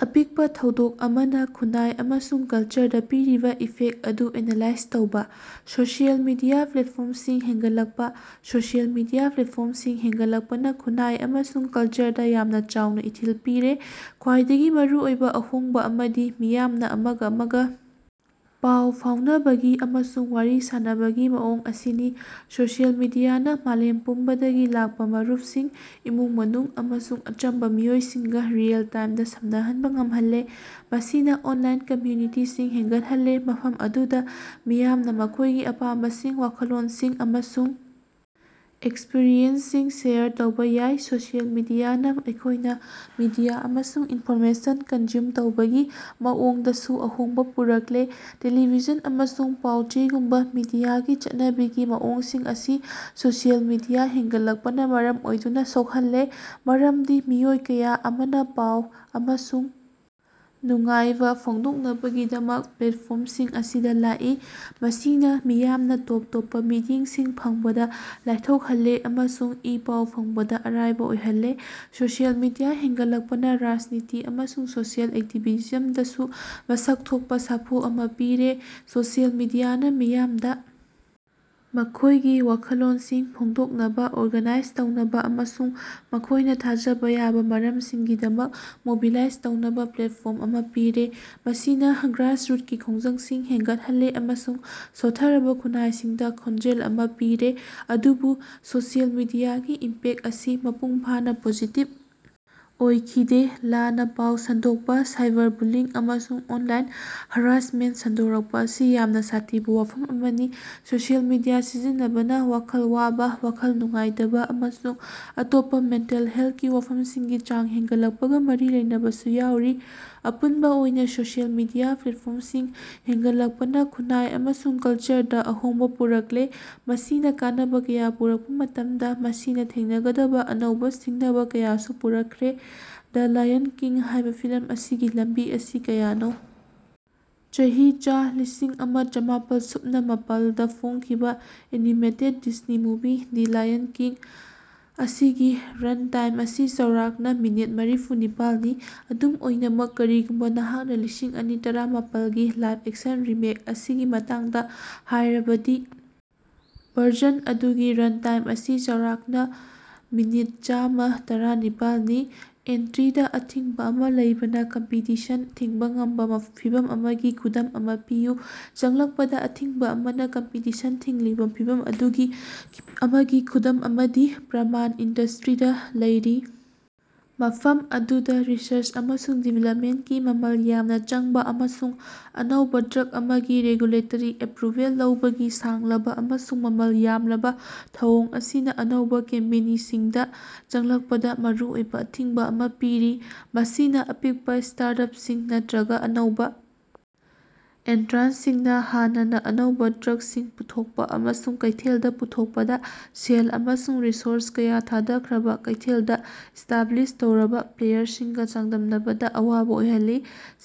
ꯑꯄꯤꯛꯄ ꯊꯧꯗꯣꯛ ꯑꯃꯅ ꯈꯨꯟꯅꯥꯏ ꯑꯃꯁꯨꯡ ꯀꯜꯆꯔꯗ ꯄꯤꯔꯤꯕ ꯏꯐꯦꯛꯇ ꯑꯗꯨ ꯑꯦꯅꯥꯂꯥꯏꯖ ꯇꯧꯕꯥ꯫ ꯁꯣꯁꯤꯌꯦꯜ ꯃꯤꯗꯤꯌꯥ ꯄ꯭ꯂꯦꯠꯐꯣꯔꯝꯁꯤꯡ ꯍꯦꯟꯒꯠꯂꯛꯄꯥ꯫ ꯁꯣꯁꯤꯌꯦꯜ ꯃꯤꯗꯤꯌꯥ ꯄ꯭ꯂꯦꯠꯐꯣꯔꯝꯁꯤꯡ ꯍꯦꯟꯒꯠꯂꯛꯄꯅꯥ ꯈꯨꯟꯅꯥꯏ ꯑꯃꯁꯨꯡ ꯀꯂꯆꯔꯗ ꯌꯥꯝꯅ ꯆꯥꯎꯅꯥ ꯏꯊꯤꯜ ꯄꯤꯔꯦ꯫ ꯈ꯭ꯋꯥꯏꯗꯒꯤ ꯃꯔꯨꯑꯣꯏꯕꯥ ꯑꯍꯣꯡꯕ ꯑꯃꯗꯤ ꯃꯤꯌꯥꯝꯅꯥ ꯑꯃꯒ ꯑꯃꯒ ꯄꯥꯎ ꯐꯥꯎꯅꯕꯒꯤ ꯑꯃꯁꯨꯡ ꯋꯥꯔꯤ ꯁꯥꯅꯕꯒꯤ ꯃꯑꯣꯡ ꯑꯁꯤꯅꯤ꯫ ꯁꯣꯁꯤꯌꯦꯜ ꯃꯤꯗꯤꯌꯥꯅꯥ ꯃꯥꯂꯦꯝ ꯄꯨꯝꯕꯗꯒꯤ ꯂꯥꯛꯄꯥ ꯃꯔꯨꯞꯁꯤꯡ, ꯏꯃꯨꯡ ꯃꯅꯨꯡ ꯑꯃꯁꯨꯡ ꯑꯆꯝꯕ ꯃꯤꯑꯣꯏꯁꯤꯡꯒ, ꯔꯤꯑꯦꯜ ꯇꯥꯏꯝꯗꯥ ꯁꯝꯅꯍꯟꯕꯥ ꯉꯝꯍꯜꯂꯦ꯫ ꯃꯁꯤꯅꯥ ꯑꯣꯟꯂꯥꯏꯟ ꯀꯝꯃ꯭ꯌꯨꯅꯤꯇꯤꯁꯤꯡ ꯍꯦꯟꯒꯠꯍꯜꯂꯦ, ꯃꯐꯝ ꯑꯗꯨꯗꯥ ꯃꯤꯌꯥꯝꯅꯥ ꯃꯈꯣꯏꯒꯤ ꯑꯄꯥꯝꯕꯁꯥꯡ, ꯋꯥꯈꯜꯂꯣꯟꯁꯤꯡ ꯑꯃꯁꯨꯡ ꯑꯦꯛꯁꯄꯔꯤꯌꯦꯟꯁꯁꯤꯡ ꯁꯦꯌꯔ ꯇꯧꯕꯥ ꯌꯥꯏ꯫ ꯁꯣꯁꯤꯌꯦꯜ ꯃꯤꯗꯤꯌꯥꯅꯥ ꯑꯩꯈꯣꯌꯅ ꯃꯤꯗꯤꯌꯥ ꯑꯃꯁꯨꯡ ꯏꯟꯐꯣꯔꯃꯦꯁꯟ ꯀꯟꯖ꯭ꯌꯨꯝ ꯇꯧꯕꯒꯤ ꯃꯑꯣꯡꯗꯁꯨ ꯑꯍꯣꯡꯕꯥ ꯄꯨꯔꯛꯂꯦ꯫ ꯇꯦꯂꯤꯚꯤꯖꯟ ꯑꯃꯁꯨꯡ ꯄꯥꯎ-ꯆꯦꯒꯨꯝꯕ ꯃꯤꯗꯤꯌꯥꯒꯤ ꯆꯠꯅꯕꯤꯒꯤ ꯃꯑꯣꯡꯁꯤꯡ ꯑꯁꯤ ꯁꯣꯁꯤꯌꯦꯜ ꯃꯤꯗꯤꯌꯥ ꯍꯦꯟꯒꯠꯂꯛꯄꯅ ꯃꯔꯝ ꯑꯣꯏꯗꯨꯅ ꯁꯣꯛꯍꯜꯂꯦ, ꯃꯔꯝꯗꯤ ꯃꯤꯑꯣꯏ ꯀꯌꯥ ꯑꯃꯅ ꯄꯥꯎ ꯑꯃꯁꯨꯡ ꯅꯨꯡꯉꯥꯏꯕ ꯐꯣꯡꯗꯣꯛꯅꯕꯒꯤꯗꯃꯛ ꯄ꯭ꯂꯦꯠꯐꯣꯔꯝꯁꯤꯡ ꯑꯁꯤꯗ ꯂꯥꯛꯏ꯫ ꯃꯁꯤꯅ ꯃꯤꯌꯥꯝꯅ ꯇꯣꯞ ꯇꯣꯞꯄꯥ ꯃꯤꯠꯌꯦꯡꯁꯤꯡ ꯐꯪꯕꯗꯥ ꯂꯥꯏꯊꯣꯛꯍꯜꯂꯦ ꯑꯃꯁꯨꯡ ꯏ ꯄꯥꯎ ꯐꯪꯕꯗ ꯑꯔꯥꯏꯕ ꯑꯣꯏꯍꯜꯂꯦ꯫ ꯁꯣꯁꯤꯌꯦꯜ ꯃꯤꯗꯤꯌꯥ ꯍꯦꯟꯒꯠꯂꯛꯄꯅꯥ ꯔꯥꯖꯅꯤꯇꯤ ꯑꯃꯁꯨꯡ ꯁꯣꯁꯤꯌꯦꯜ ꯑꯦꯛꯇꯤꯕꯤꯖꯝꯗꯁꯨ ꯃꯁꯛ ꯊꯣꯛꯄꯥ ꯁꯥꯐꯨ ꯑꯃ ꯄꯤꯔꯦ꯫ ꯁꯣꯁꯤꯌꯦꯜ ꯃꯤꯗꯤꯌꯥꯅ ꯃꯤꯌꯥꯝꯗ ꯃꯈꯣꯏꯒꯤ ꯋꯥꯈꯜꯂꯣꯟꯁꯤꯡ ꯐꯣꯡꯗꯣꯛꯅꯕꯥ, ꯑꯣꯔꯒꯅꯥꯏꯖ ꯇꯧꯅꯕ ꯑꯃꯁꯨꯡ ꯃꯈꯣꯏꯅ ꯊꯥꯖꯕ ꯌꯥꯕ ꯃꯔꯝꯁꯤꯡꯒꯤꯗꯃꯛ ꯃꯣꯕꯤꯂꯥꯏꯖ ꯇꯧꯅꯕꯥ ꯄ꯭ꯂꯦꯠꯐꯣꯔꯝ ꯑꯃ ꯄꯤꯔꯦ, ꯃꯁꯤꯅ ꯒ꯭ꯔꯥꯁꯔꯨꯠꯀꯤ ꯈꯣꯡꯖꯪꯁꯤꯡ ꯍꯦꯟꯒꯠꯍꯜꯂꯦ ꯑꯃꯁꯨꯡ ꯁꯣꯠꯊꯔꯕꯥ ꯈꯨꯟꯅꯥꯏꯁꯤꯡꯗꯥ ꯈꯣꯟꯖꯦꯜ ꯑꯃ ꯄꯤꯔꯦ꯫ ꯑꯗꯨꯕꯨ ꯁꯣꯁꯤꯌꯦꯜ ꯃꯤꯗꯤꯌꯥꯒꯤ ꯏꯝꯄꯦꯛꯇ ꯑꯁꯤ ꯃꯄꯨꯡ ꯐꯥꯅꯥ ꯄꯣꯖꯤꯇꯤꯕ ꯑꯣꯏꯈꯤꯗꯦ꯫ ꯂꯥꯟꯅ ꯄꯥꯎ ꯁꯟꯗꯣꯛꯄ, ꯁꯥꯏꯕꯔꯕꯨꯂꯤꯡ, ꯑꯃꯁꯨꯡ ꯑꯣꯟꯂꯥꯏꯟ ꯍꯔꯥꯁꯃꯦꯟꯇ ꯁꯟꯗꯣꯔꯛꯄꯥ ꯑꯁꯤ ꯌꯥꯝꯅ ꯁꯥꯊꯤꯕ ꯋꯥꯐꯝ ꯑꯃꯅꯤ꯫ ꯁꯣꯁꯤꯌꯦꯜ ꯃꯤꯗꯤꯌꯥ ꯁꯤꯖꯤꯟꯅꯕꯅ ꯋꯥꯈꯜ ꯋꯥꯕ, ꯋꯥꯈꯜ ꯅꯨꯡꯉꯥꯏꯇꯕ ꯑꯃꯁꯨꯡ ꯑꯇꯣꯞꯄꯥ ꯃꯦꯟꯇꯦꯜ ꯍꯦꯜꯊꯀꯤ ꯋꯥꯐꯝꯁꯤꯡꯒꯤ ꯆꯥꯡ ꯍꯦꯟꯒꯠꯂꯛꯄꯒꯥ ꯃꯔꯤ ꯂꯩꯅꯕꯁꯨ ꯌꯥꯎꯔꯤ꯫ ꯑꯄꯨꯟꯕꯥ ꯑꯣꯏꯅ ꯁꯣꯁꯤꯌꯦꯜ ꯃꯤꯗꯤꯌꯥ ꯄ꯭ꯂꯦꯠꯐꯣꯔꯝꯁꯤꯡ ꯍꯦꯟꯒꯠꯂꯛꯄꯅ ꯈꯨꯟꯅꯥꯏ ꯑꯃꯁꯨꯡ ꯀꯜꯆꯔꯗꯥ ꯑꯍꯣꯡꯕ ꯄꯨꯔꯛꯂꯦ꯫ ꯃꯁꯤꯅ ꯀꯥꯟꯅꯕ ꯀꯌꯥ ꯄꯨꯔꯛꯄ ꯃꯇꯝꯗ, ꯃꯁꯤꯅꯥ ꯊꯦꯡꯅꯒꯗꯕꯥ ꯑꯅꯧꯕꯥ ꯁꯤꯡꯅꯕ ꯀꯌꯥꯁꯨ ꯄꯨꯔꯛꯈ꯭ꯔꯦ꯫ ꯗ ꯂꯥꯌꯟ ꯀꯤꯡ ꯍꯥꯏꯕꯥ ꯐꯤꯂꯝ ꯑꯁꯤꯒꯤ ꯂꯝꯕꯤ ꯑꯁꯤ ꯀꯌꯥꯅꯣ? ꯆꯍꯤ ꯆꯥ ꯂꯤꯁꯤꯡ ꯑꯃ ꯆꯥꯃꯥꯄꯜ ꯁꯨꯞꯅ ꯃꯄꯥꯜ ꯗꯥ ꯐꯣꯡꯈꯤꯕꯥ animated Disney movie "The Lion King" ꯑꯁꯤꯒꯤ ꯔꯟꯇꯥꯏꯝ ꯑꯁꯤ ꯆꯥꯎꯔꯥꯛꯅꯥ ꯃꯤꯅꯤꯠ ꯃꯔꯤꯐꯨ ꯅꯤꯄꯥꯜꯅꯤ꯫ ꯑꯗꯨꯝ ꯑꯣꯏꯅꯃꯛ, ꯀꯔꯤꯒꯨꯝꯕꯥ ꯅꯍꯥꯛꯅꯥ ꯂꯤꯁꯤꯡ ꯑꯅꯤ ꯇꯔꯥꯃꯥꯄꯜꯒꯤ ꯂꯥꯏꯕ-ꯑꯦꯛꯁꯟ ꯔꯤꯃꯦꯛ ꯑꯁꯤꯒꯤ ꯃꯇꯥꯡꯗ ꯍꯥꯏꯔꯕꯗꯤ, ꯚꯔꯖꯟ ꯑꯗꯨꯒꯤ ꯔꯟꯇꯥꯏꯝ ꯑꯁꯤ ꯆꯥꯎꯔꯥꯛꯅꯥ ꯃꯤꯅꯤꯠ ꯆꯥꯝꯃ ꯇꯔꯥꯅꯤꯄꯥꯜ ꯅꯤ꯫ ꯑꯦꯟꯇ꯭ꯔꯤꯗꯥ ꯑꯊꯤꯡꯕꯥ ꯑꯃꯥ ꯂꯩꯕꯅ ꯀꯝꯄꯤꯇꯤꯁꯟ ꯊꯤꯡꯕ ꯉꯝꯕꯥ ꯃ ꯐꯤꯚꯝ ꯑꯃꯒꯤ ꯈꯨꯗꯝ ꯑꯃ ꯄꯤꯌꯨ꯫ ꯆꯪꯂꯛꯄꯗ ꯑꯊꯤꯡꯕ ꯑꯃꯅ ꯀꯝꯄꯤꯇꯤꯁꯟ ꯊꯤꯡꯂꯤꯕ ꯐꯤꯚꯝ ꯑꯗꯨꯒꯤ ꯑꯃꯒꯤ ꯈꯨꯗꯝ ꯑꯃꯗꯤ ꯄ꯭ꯔꯃꯥꯟ ꯏꯟꯗꯁꯇ꯭ꯔꯤꯗꯥ ꯂꯩꯔꯤ, ꯃꯐꯝ ꯑꯗꯨꯗ ꯔꯤꯁꯔꯆ ꯑꯃꯁꯨꯡ ꯗꯤꯕꯦꯂꯞꯃꯦꯟꯇꯀꯤ ꯃꯃꯜ ꯌꯥꯝꯅꯥ ꯆꯪꯕ ꯑꯃꯁꯨꯡ ꯑꯅꯧꯕ ꯗ꯭ꯔꯒ ꯑꯃꯒꯤ ꯔꯦꯒꯨꯂꯦꯇꯔꯤ ꯑꯦꯄ꯭ꯔꯨꯕꯦꯜ ꯂꯧꯕꯒꯤ ꯁꯥꯡꯂꯕ ꯑꯃꯁꯨꯡ ꯃꯃꯜ ꯌꯥꯝꯂꯕ ꯊꯧꯑꯣꯡ ꯑꯁꯤꯅ ꯑꯅꯧꯕ ꯀꯝꯄꯦꯅꯤꯁꯤꯡꯗ ꯆꯪꯂꯛꯄꯗ ꯃꯔꯨꯑꯣꯏꯕ ꯑꯊꯤꯡꯕꯥ ꯑꯃ ꯄꯤꯔꯤ꯫ ꯃꯁꯤꯅ ꯑꯄꯤꯛꯄꯥ ꯁ꯭ꯇꯥꯔꯠ-ꯑꯞꯁꯤꯡ ꯅꯠꯇ꯭ꯔꯒꯥ ꯑꯅꯧꯕꯥ ꯑꯦꯟꯇ꯭ꯔꯥꯟꯁꯁꯤꯡꯅꯥ ꯍꯥꯟꯅꯅ ꯑꯅꯧꯕ ꯗ꯭ꯔꯒꯁꯤꯡ ꯄꯨꯊꯣꯛꯄꯥ ꯑꯃꯁꯨꯡ ꯀꯩꯊꯦꯜꯗ ꯄꯨꯊꯣꯛꯄꯗ ꯁꯦꯜ ꯑꯃꯁꯨꯡ ꯔꯤꯁꯣꯔꯁ ꯀꯌꯥ ꯊꯥꯗꯈ꯭ꯔꯕꯥ ꯀꯩꯊꯦꯜꯗꯥ ꯏꯁ꯭ꯇꯥꯕ꯭ꯂꯤꯁ ꯇꯧꯔꯕꯥ ꯄ꯭ꯂꯦꯌꯔꯁꯤꯡꯒꯥ ꯆꯥꯡꯗꯝꯅꯕꯗ ꯑꯋꯥꯕ ꯑꯣꯏꯍꯜꯂꯤ꯫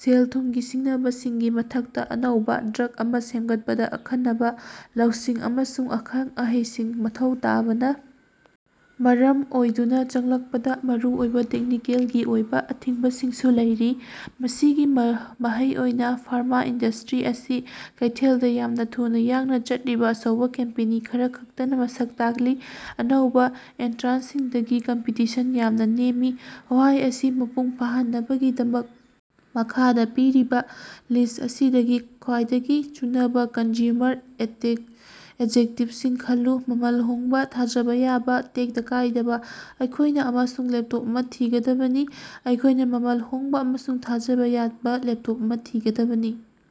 ꯁꯦꯜ-ꯊꯨꯝꯒꯤ ꯁꯤꯡꯅꯕꯁꯤꯡꯒꯤ ꯃꯊꯛꯇꯥ, ꯑꯅꯧꯕꯥ ꯗ꯭ꯔꯒ ꯑꯃꯥ ꯁꯦꯝꯒꯠꯄꯗꯥ ꯑꯈꯟꯅꯕꯥ ꯂꯧꯁꯤꯡ ꯑꯃꯁꯨꯡ ꯑꯈꯪ-ꯑꯍꯩꯁꯤꯡ ꯃꯊꯧ ꯇꯥꯕꯅ ꯃꯔꯝ ꯑꯣꯏꯗꯨꯅ ꯆꯪꯂꯛꯄꯗ ꯃꯔꯨꯑꯣꯏꯕ ꯇꯦꯛꯅꯤꯀꯦꯜꯒꯤ ꯑꯣꯏꯕ ꯑꯊꯤꯡꯕꯁꯤꯡꯁꯨ ꯂꯩꯔꯤ꯫ ꯃꯁꯤꯒꯤ ꯃꯍꯩ ꯑꯣꯏꯅꯥ ꯐꯥꯔꯃꯥ ꯏꯟꯗꯁꯇ꯭ꯔꯤ ꯑꯁꯤ ꯀꯩꯊꯦꯜꯗꯥ ꯌꯥꯝꯅ ꯊꯨꯅꯥ ꯌꯥꯡꯅꯥ ꯆꯠꯂꯤꯕ ꯑꯆꯧꯕ ꯀꯝꯄꯦꯅꯤ ꯈꯔꯈꯛꯇꯅꯥ ꯃꯁꯛ ꯇꯥꯛꯂꯤ, ꯑꯅꯧꯕꯥ ꯑꯦꯟꯇ꯭ꯔꯥꯟꯁꯁꯤꯡꯗꯒꯤ ꯀꯝꯄꯤꯇꯤꯁꯟ ꯌꯥꯝꯅꯥ ꯅꯦꯝꯃꯤ꯫ ꯋꯥꯍꯩ ꯑꯁꯤ ꯃꯄꯨꯡ ꯐꯥꯍꯟꯅꯕꯒꯤꯗꯃꯛ ꯃꯈꯥꯗꯥ ꯄꯤꯔꯤꯕꯥ ꯂꯤꯁ ꯑꯁꯤꯗꯒꯤ ꯈ꯭ꯋꯥꯏꯗꯒꯤ ꯆꯨꯅꯕꯥ ꯀꯟꯖ꯭ꯌꯨꯃꯔ ꯑꯦꯇꯤꯛ ꯑꯦꯖꯦꯛꯇꯤꯚꯁꯤꯡ ꯈꯜꯂꯨ: ꯃꯃꯜ ꯍꯣꯡꯕꯥ, ꯊꯥꯖꯕꯥ ꯌꯥꯕꯥ, ꯇꯦꯛꯇ ꯀꯥꯏꯗꯕ꯫ ꯑꯩꯈꯣꯏꯅ ꯑꯃꯁꯨꯡ ꯂꯦꯞꯇꯣꯞ ꯑꯃ ꯊꯤꯒꯗꯕꯅꯤ꯫ ꯑꯩꯈꯣꯏꯅꯥ ꯃꯃꯜ ꯍꯣꯡꯕꯥ ꯑꯃꯁꯨꯡ ꯊꯥꯖꯕꯥ ꯌꯥꯕ ꯂꯦꯞꯇꯣꯞ ꯑꯃ ꯊꯤꯒꯗꯕꯅꯤ꯫